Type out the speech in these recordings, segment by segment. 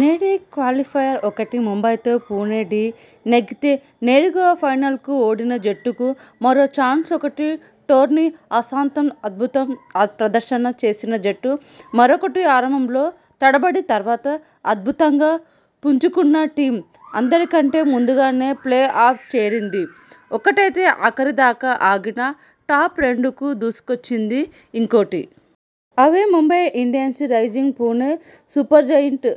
నేడే క్వాలిఫయర్-ఒకటి ముంబైతో పుణె ఢీ నెగ్గితే నేరుగా ఫైనల్కు ఓడిన జట్టుకు మరో చాన్స్ఒకటి టోర్నీ ఆసాంతం అద్భుత ప్రదర్శన చేసిన జట్టు మరొకటి ఆరంభంలో తడబడి తర్వాత అద్భుతంగా పుంజుకున్న టీమ్! అందరికంటే ముందుగానే ప్లే ఆఫ్ చేరింది ఒకటైతే ఆఖరి దాకా ఆగినా టాప్-రెండుకు దూసుకొచ్చింది ఇంకోటి! అవే Mumbai Indians, Rising Pune Supergiant!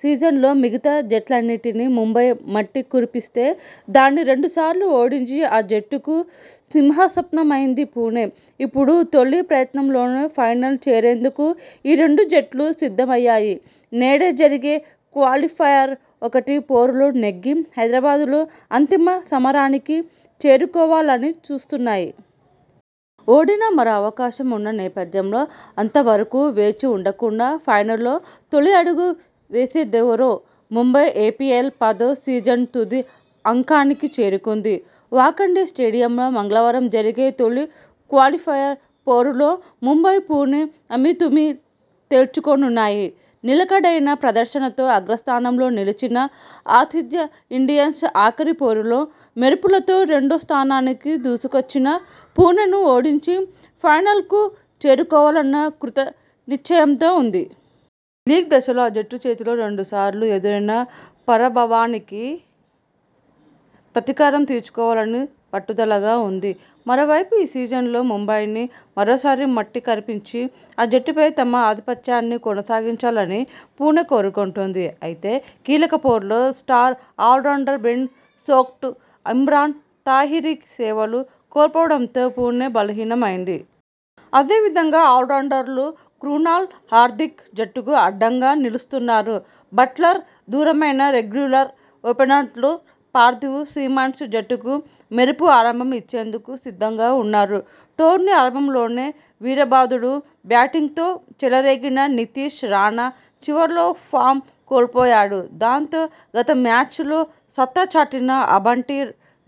సీజన్లో మిగతా జట్లన్నింటినీ ముంబై మట్టి కురిపిస్తే దాన్ని రెండు సార్లూ ఓడించి ఆ జట్టుకు సింహస్వప్నమైంది పుణె! ఇప్పుడు తొలి ప్రయత్నంలోనే ఫైనల్ చేరేందుకు ఈ రెండు జట్లూ సిద్ధమయ్యాయి! నేడే జరిగే క్వాలిఫయర్-ఒకటి పోరులో నెగ్గి హైదరాబాద్లో అంతిమ సమరానికి చేరుకోవాలని చూస్తున్నాయి! ఓడినా మరో అవకాశం ఉన్న నేపథ్యంలో అంతవరకూ వేచి ఉండకుండా ఫైనల్లో తొలి అడుగు వేసేదెవరో ముంబై ఎపీఎల్ పదో సీజన్ తుది అంకానికి చేరుకుంది. వాంఖడే స్టేడియంలో మంగళవారం జరిగే తొలి క్వాలిఫయర్ పోరులో ముంబై, పుణె అమీతుమీ తేల్చుకోనున్నాయి. నిలకడైన ప్రదర్శనతో అగ్రస్థానంలో నిలిచిన ఆతిథ్య ఇండియన్స్ ఆఖరి పోరులో మెరుపులతో రెండో స్థానానికి దూసుకొచ్చిన పుణెను ఓడించి ఫైనల్కు చేరుకోవాలన్న కృత నిశ్చయంతో ఉంది. లీగ్ దశలో ఆ జట్టు చేతిలో రెండు సార్లు ఎదురైన పరాభవానికి ప్రతీకారం తీర్చుకోవాలని పట్టుదలగా ఉంది. మరోవైపు ఈ సీజన్ లో ముంబైని మరోసారి మట్టికరిపించి ఆ జట్టుపై తమ ఆధిపత్యాన్ని కొనసాగించాలని పుణె కోరుకుంటోంది. అయితే, కీలక పోరులో star allrounder Ben Stokes, Imran తాహిరిక్ సేవలు కోపోవడంతో పుణె బలహీనమైంది. అదే విధంగా ఆల్రౌండర్లు క్రునాల్, హార్దిక్ జట్టుకు అండగా నిలుస్తున్నారు. బట్లర్ దూరమైనా రెగ్యులర్ ఓపెనర్లు పార్థివ్, సిమన్స్ జట్టుకు మెరుపు ఆరంభం ఇచ్చేందుకు సిద్ధంగా ఉన్నారు. టోర్నీ ఆరంభంలోనే వీరబాదుడు బ్యాటింగ్తో చెలరేగిన నితీష్ రాణా చివర్లో ఫామ్ కోల్పోయాడు. దాంతో, గత మ్యాచ్ లో సత్తా చాటిన అబంటి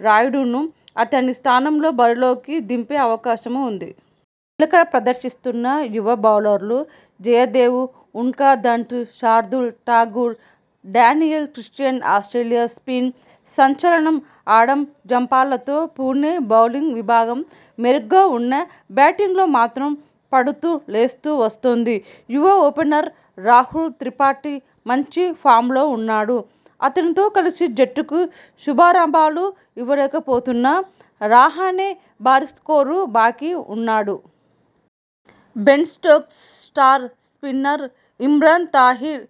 రాయుడును అతని స్థానంలో బరిలోకి దింపే అవకాశం ఉంది. నిలకడ ప్రదర్శిస్తున్న యువ బౌలర్లు Jaydev Unadkat, Shardul Thakur, Daniel Christian Australia spin సంచలనం ఆడమ్ జంపాలతో పుణె బౌలింగ్ విభాగం మెరుగ్గా ఉన్నా, బ్యాటింగ్లో మాత్రం పడుతూ లేస్తూ వస్తోంది. యువ ఓపెనర్ రాహుల్ త్రిపాఠి మంచి ఫామ్లో ఉన్నాడు. అతనితో కలిసి జట్టుకు శుభారంభాలు ఇవ్వలేకపోతున్న రహానె భారీస్కోరు బాకీ ఉన్నాడు. Ben Stokes, star spinner Imran Tahir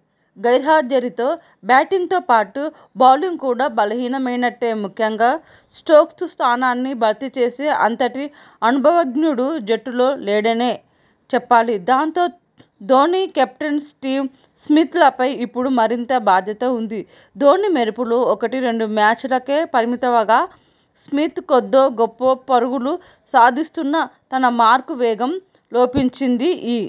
గైర్హాజరీతో బ్యాటింగ్తో పాటు బౌలింగ్ కూడా బలహీనమైనట్టే. ముఖ్యంగా స్టోక్స్ స్థానాన్ని భర్తీ చేసే అంతటి అనుభవజ్ఞుడు జట్టులో లేడనే చెప్పాలి. దాంతో, ధోనీ, కెప్టెన్ స్టివ్ స్మిత్ లపై ఇప్పుడు మరింత బాధ్యత ఉంది. ధోనీ మెరుపులు ఒకటి రెండు మ్యాచ్ లకే పరిమితవగా స్మిత్ కొద్దో గొప్పో పరుగులు సాధిస్తున్నా తన మార్కు వేగం లోపించింది. ఈ